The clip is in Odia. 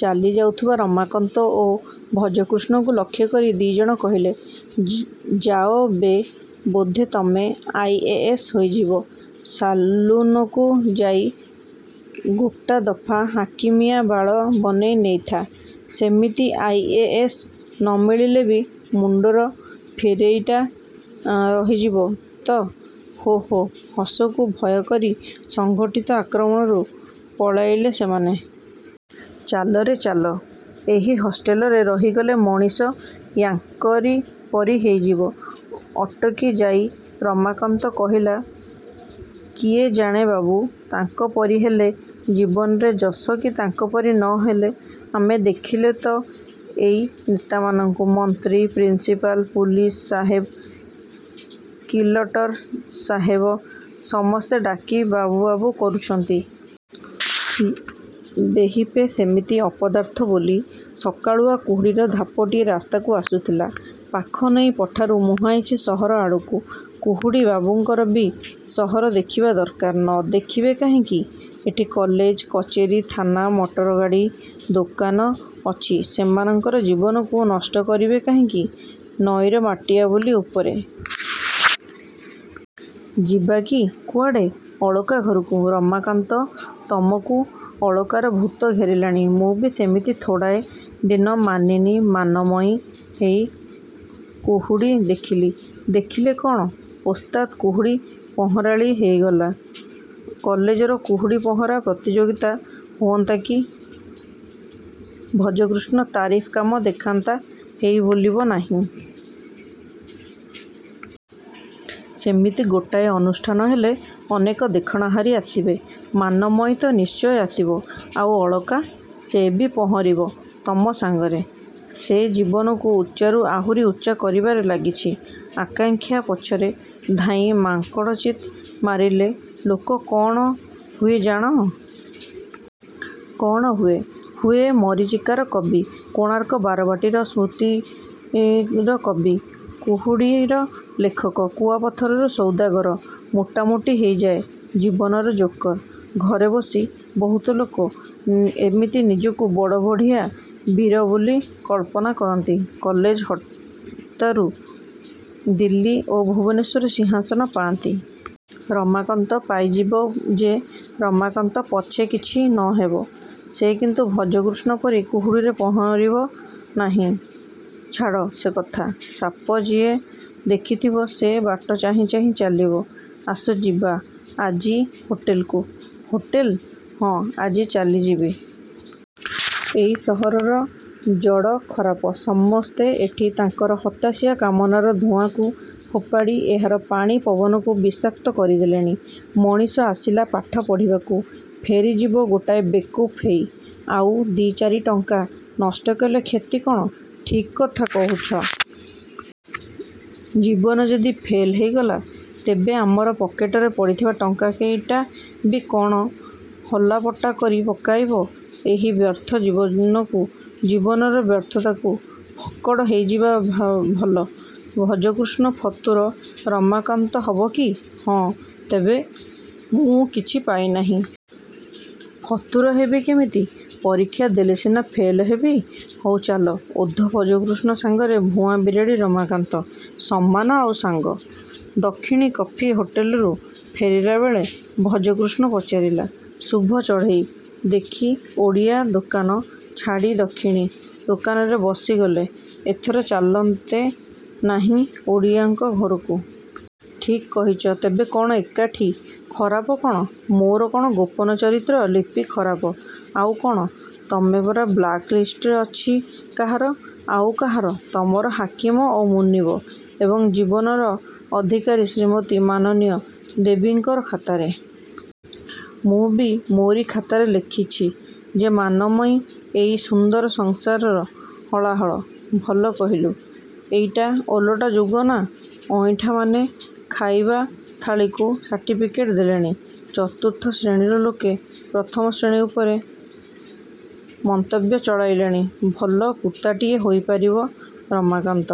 ଚାଲିଯାଉଥିବା ରମାକାନ୍ତ ଓ ଭଜକୃଷ୍ଣଙ୍କୁ ଲକ୍ଷ୍ୟକରି ଦି'ଜଣ କହିଲେ–ଯାଅ ବେ। ବୋଧେ ତମେ ଆଇ–ଏ–ଏସ୍ ହେଇଯିବ। ସାଲୁନକୁ ଯାଇ ଗୋଟା ଦଫା ହାକିମିଆ ବାଳ ବନେଇ ନେଇଥା। ସେମିତି ଆଇ. ଏ. ଏସ୍. ନ ମିଳିଲେ ବି ମୁଣ୍ଡର ଫିରେଇଟା ରହିଯିବ ତ। ହୋ ହୋ ହସକୁ ଭୟକରି ସଂଗଠିତ ଆକ୍ରମଣରୁ ପଳାଇଲେ ସେମାନେ। –ଚାଲରେ ଚାଲ। ଏହି ହଷ୍ଟେଲରେ ରହିଗଲେ ମଣିଷ ୟା'ଙ୍କରି ପରି ହେଇଯିବ। ଅଟକି ଯାଇ ରମାକାନ୍ତ କହିଲା–କିଏ ଜାଣେ ବାବୁ? ତାଙ୍କ ପରି ହେଲେ ଜୀବନରେ ଯଶ କି ତାଙ୍କପରି ନହେଲେ–। ଆମେ ଦେଖିଲେ ତ ଏଇ ନେତାମାନଙ୍କୁ–ମନ୍ତ୍ରୀ, ପ୍ରିନିସ୍ପାଲ, ପୁଲିସ୍ ସାହେବ, କିଲଟର ସାହେବ ସମସ୍ତେ ଡାକି ବାବୁ–ବାବୁ କରୁଛନ୍ତି। –ବେହିପେ, ସେମିତି ଅପଦାର୍ଥ ବୋଲି। ସକାଳୁଆ କୁହୁଡ଼ିର ଧାପଟିଏ ରାସ୍ତାକୁ ଆସୁଥିଲା–ପାଖ ନଈ ପଠାରୁ ମୁହାଁଇଛି ସହର ଆଡ଼କୁ। –କୁହୁଡ଼ି ବାବୁଙ୍କର ବି ସହର ଦେଖିବା ଦରକାର। ନ ଦେଖିବେ କାହିଁକି? ଏଠି କଲେଜ, କଚେରି, ଥାନା, ମଟରଗାଡ଼ି, ଦୋକାନ ଅଛି। ସେମାନଙ୍କର ଜୀବନକୁ ନଷ୍ଟ କରିବେ କାହିଁକି ନଈର ମାଟିଆ ବାଲି ଉପରେ। –ଯିବା କି? –କୁଆଡ଼େ? ଅଳକା ଘରକୁ। –ରମାକାନ୍ତ, ତମକୁ ଅଳକାର ଭୂତ ଘେରିଲାଣି। ମୁଁ ବି ସେମିତି ଥୋଡ଼ାଏ ଦିନ ମାନିନୀ–ମାନମୟୀ ହେଇ କୁହୁଡ଼ି ଦେଖିଲି। ଦେଖିଲ କ'ଣ? ଓସ୍ତାଦ୍ କୁହୁଡ଼ି ପହଁରାଳି ହେଇଗଲ। କଲେଜର କୁହୁଡ଼ି–ପହଁରା ପ୍ରତିଯୋଗିତା ହୁଅନ୍ତା କି ଭଜକୃଷ୍ଣ ତାରିଫ୍ କାମ ଦେଖାନ୍ତା ହେଇ ଭୁଲିବ ନାହିଁ। ସେମିତି ଗୋଟାଏ ଅନୁଷ୍ଠାନ ହେଲେ ଅନେକ ଦେଖଣାହାରୀ ଆସିବେ–ମାନମୟୀ ତ ନିଶ୍ଚୟ ଆସିବ। –ଆଉ ଅଳକା? –ସେ ବି ପହଁରିବ ତମ ସାଙ୍ଗରେ। ସେ ଜୀବନକୁ ଉଚ୍ଚାରୁ ଆହୁରି ଉଚ୍ଚା କରିବାରେ ଲାଗିଛି।... ଆକାଙକ୍ଷା ପଛରେ ଧାଇଁ ମାଙ୍କଡ଼ଚିତ୍ ମାରିଲେ ଲୋକ କ'ଣ ହୁଏ ଜାଣ? –କ'ଣ ହୁଏ? –ହୁଏ ମରୀଚିକାର କବି, କୋଣାର୍କ–ବାରବାଟିର ସ୍କୃତିର କବି, କୁହୁଡ଼ିର ଲେଖକ, କୁଆପଥରର ସୌଦାଗର। ମୋଟାମୋଟି ହେଇଯାଏ ଜୀବନର ଜୋକର୍। –ଘରେ ବସି ବହୁତ ଲୋକ ଏମିତି ନିଜକୁ ବଡ଼ ବଢ଼ିଆ ବୀର ବୋଲି କଳ୍ପନା କରନ୍ତି। କଲେଜ ହତାରୁ ଦିଲ୍ଲୀ ଓ ଭୁବନେଶ୍ୱର ସିଂହାସନ ପାଆନ୍ତି। ରମାକାନ୍ତ ପାଇଯିବ ଯେ –ରମାକାନ୍ତ ପଛେ କିଛି ନ ହେବ। ସେ କିନ୍ତୁ ଭଜକୃଷ୍ଣ ପରି କୁହୁଡ଼ିରେ ପହଁରିବ ନାହିଁ-। –ଛାଡ଼ ସେ କଥା। ସାପ ଯିଏ ଦେଖିଥିବ ସେ ବାଟ ଚାହିଁ ଚାହିଁ ଚାଲିବ। ଆସ ଯିବା ଆଜି ହୋଟେଲକୁ। –ହୋଟେଲ? –ହଁ। ଆଜି ଚାଲିଯିବି। ଏଇ ସହରର ଜଡ଼ ଖରାପ। ସମସ୍ତେ ଏଠି ତାଙ୍କର ହତାଶିଆ କାମନାର ଧୂଆଁକୁ ଫୋପାଡ଼ି ଏହାର ପାଣି ପବନକୁ ବିଷାକ୍ତ କରିଦେଲେଣି। ମଣିଷ ଆସିଲା ପାଠ ପଢ଼ିବାକୁ–ଫେରି ଯିବ ଗୋଟାଏ ବେକୁଫ୍ ହେଇ। ଆଉ ଦି' ଚାରି ଟଙ୍କା ନଷ୍ଟ କଲେ କ୍ଷତି କ'ଣ? –ଠିକ୍ କଥା କହୁଛ। ଜୀବନ ଯଦି ଫେଲ୍ ହେଇଗଲା ତେବେ ଆମର ପକେଟରେ ପଡ଼ିଥିବା ଟଙ୍କା କେଇଟା ବି କ'ଣ ହଲାପଟା କରି ପକାଇବ ଏହି ବ୍ୟର୍ଥ ଜୀବନକୁ? –ଜୀବନର ବ୍ୟର୍ଥତାକୁ? ଫକ୍କଡ଼ ହେଇଯିବା ଭଲ। –ଭଜକୃଷ୍ଣ ଫତୁର। ରମାକାନ୍ତ ହବ କି? –ହଁ। ତେବେ ମୁଁ କିଛି ପାଇ ନାହିଁ। ଫତୁର ହେବି କେମିତି? ପରୀକ୍ଷା ଦେଲେ ସିନା ଫେଲ ହେବି। –ହଉ ଚାଲ, ଓଧ ଭଜକୃଷ୍ଣ ସାଙ୍ଗରେ ଭୁଆଁ ବିରାଡ଼ି ରମାକାନ୍ତ ସମାନ ଆଉ ସାଙ୍ଗ-। ଦକ୍ଷିଣି କଫି ହୋଟେଲରୁ ଫେରିଲାବେଳେ ଭଜକୃଷ୍ଣ ପଚାରିଲା– ଶୁଭ ଚଢ଼େଇ ଦେଖି ଓଡ଼ିଆ ଦୋକାନ ଛାଡ଼ି ଦକ୍ଷିଣି। ଦୋକାନରେ ବସି ଗଲେ ଏଥର ଚାଲନ୍ତେ ନାହିଁ ଓଡ଼ିଆଙ୍କ ଘରକୁ। –ଠିକ୍ କହିଛ। ତେବେ କ'ଣ ଏକାଠି? –ଖରାପ କ'ଣ? ମୋର କ'ଣ ଗୋପନ ଚରିତ୍ର–ଲିପି ଖରାପ? –ଆଉ କ'ଣ? ତମେ ପରା ବ୍ଲାକ୍ ଲିଷ୍ଟରେ ଅଛି। –କାହାର? –ଆଉ କାହାର? ତମର ହାକିମ ଓ ମୁନିବ ଏବଂ ଜୀବନର ଅଧିକାରୀ ଶ୍ରୀମତୀ ମାନମୟୀ ଦେବୀଙ୍କର ଖାତାରେ। –ମୁଁ ବି ମୋରି ଖାତାରେ ଲେଖିଛି ଯେ ମାନମୟୀ ଏଇ ସୁନ୍ଦର ସଂସାରର ହଳାହଳ। –ଭଲ କହିଲ? ଏଇଟା ଓଲଟା ଯୁଗ ନା–ଅଇଁଠାମାନେ ଖାଇବା ଥାଳିକୁ ସାର୍ଟିଫିକେଟ୍ ଦେଲେଣି। ଚତୁର୍ଥ ଶ୍ରେଣୀର ଲୋକେ ପ୍ରଥମ ଶ୍ରେଣୀ ଉପରେ ମନ୍ତବ୍ୟ ଚଳାଇଲେଣି-। –ଭଲ କୁତାଟିଏ ହୋଇ ପାରିବ–ରମାକାନ୍ତ।